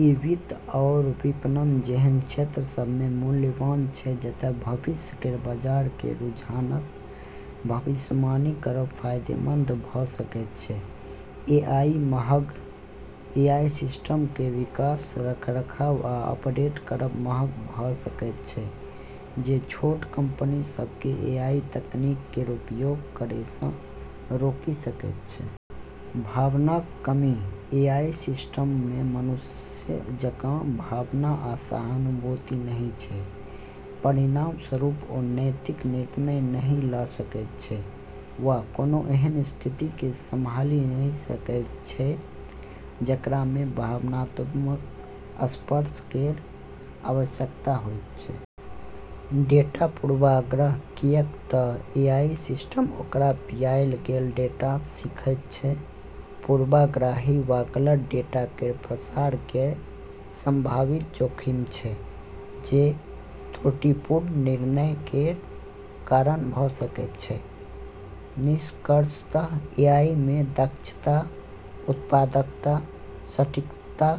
ई वित्त आओर विपणन जेहन क्षेत्र सभमे मूल्यवान छै, जतए भविष्य केर बाजार केर रुझानक भविष्यवाणी करब फायदेमंद भऽ सकैत छै। ए.आई. महग: एआई सिस्टम केर विकास, रखरखाव आ अपडेट करब महग भऽ सकैत छै, जे छोट कंपनी सभकेँ एआई तकनीक केर उपयोग करैसँ रोकि सकैत छै। भावनाक कमी: एआई सिस्टममे मनुष्य जकाँ भावना वा सहानुभूति नहि छै। परिणामस्वरूप, ओ नैतिक निर्णय नहि लऽ सकैत छै वा कोनो एहन स्थितिकेँ सम्हालि नहि सकैत छै, जेकरामे भावनात्मक स्पर्श केर आवश्यकता होइत छै। डेटा पूर्वाग्रह: किऐक तऽ एआई सिस्टम ओकरा पियाएल गेल डेटासँ सीखैत छै, पूर्वाग्रही वा गलत डेटा केर प्रसार केर संभावित जोखिम छै, जे त्रुटिपूर्ण निर्णय केर कारण भऽ सकैत छै। निष्कर्षतः एआईमे दक्षता, उत्पादकता, सटीकता,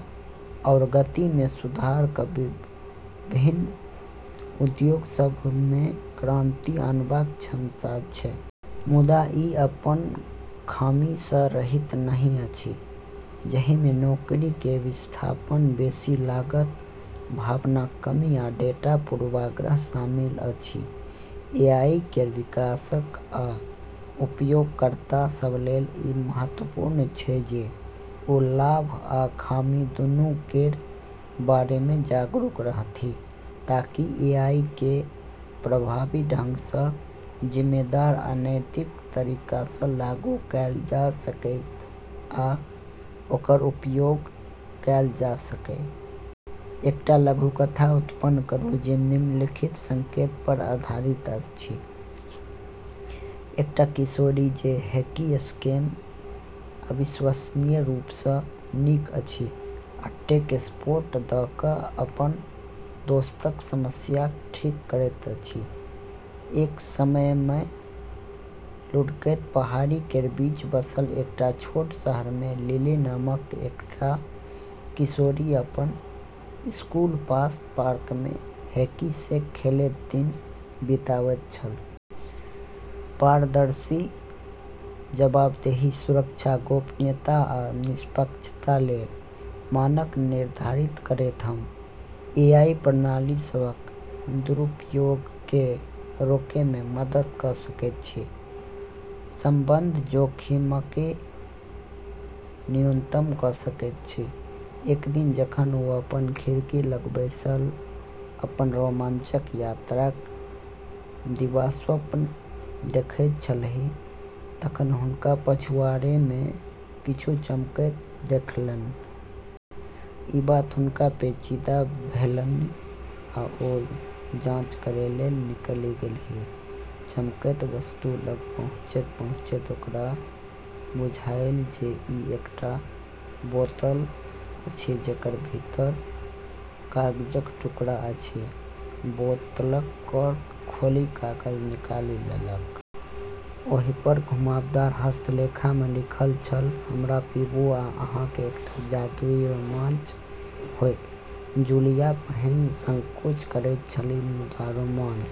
आओर गतिमे सुधार कऽ विभिन्न उद्योग सभमे क्रांति आनबाक क्षमता छै। मुदा, ई अपन खामीसँ रहित नहि अछि, जाहिमे नौकरी केर विस्थापन, बेसी लागत, भावनाक कमी, आ डेटा पूर्वाग्रह शामिल अछि। एआई केर विकासक आ उपयोगकर्ता सभ लेल ई महत्वपूर्ण छै जे ओ लाभ आ खामी दूनू केर बारेमे जागरूक रहथि, ताकि एआईकेँ प्रभावी ढंगसँ जिम्मेदार आ नैतिक तरीकासँ लागू कएल जा सकए आ ओकर उपयोग कएल जा सकए। एकटा लघुकथा उत्पन्न करू जे निम्नलिखित संकेतपर आधारित अछि - एकटा किशोरी, जे हैकी-सैकमे अविश्वसनीय रूपसँ नीक अछि आ टेक सपोर्ट दऽ कऽ अपन दोस्तक समस्याकेँ ठीक करैत अछि। एक समयमे लुढ़कैत पहाड़ी केर बीच बसल एकटा छोट शहरमे लिली नामक एकटा किशोरी अपन स्कूलक पास पार्कमे हैकी-सैक खेलैत दिन बिताबैत छल। पारदर्शिता, जवाबदेही, सुरक्षा, गोपनीयता, आ निष्पक्षता लेल मानक निर्धारित करैत, हम एआई प्रणाली सभक दुरुपयोगकेँ रोकैमे मदद कऽ सकैत छी, सम्बद्ध जोखिमकेँ न्यूनतम कऽ सकैत छी। एक दिन जखन ओ अपन खिड़की लग बैसल अपन रोमांचक यात्राक दिवास्वप्न देखैत छलीह तखन हुनका पछुआड़मे किछु चमकैत देखलनि। ई बात हुनका पेचीदा भेलनि आ ओ जांच करै लेल निकलि गेलीह। चमकैत वस्तु लग पहुँचैत-पहुँचैत ओकरा बुझायल जे ई एकटा बोतल अछि जकर भीतर कागजक टुकड़ा अछि। बोतलक कॉर्क खोलि कागज निकालि लेलक। ओहिपर घुमावदार हस्तलेखमे लिखल छल, "हमरा पीबू आ अहाँकेँ एकटा जादुई रोमांच होयत।" जूलिया पहिने संकोच करैत छलीह, मुदा रोमांच।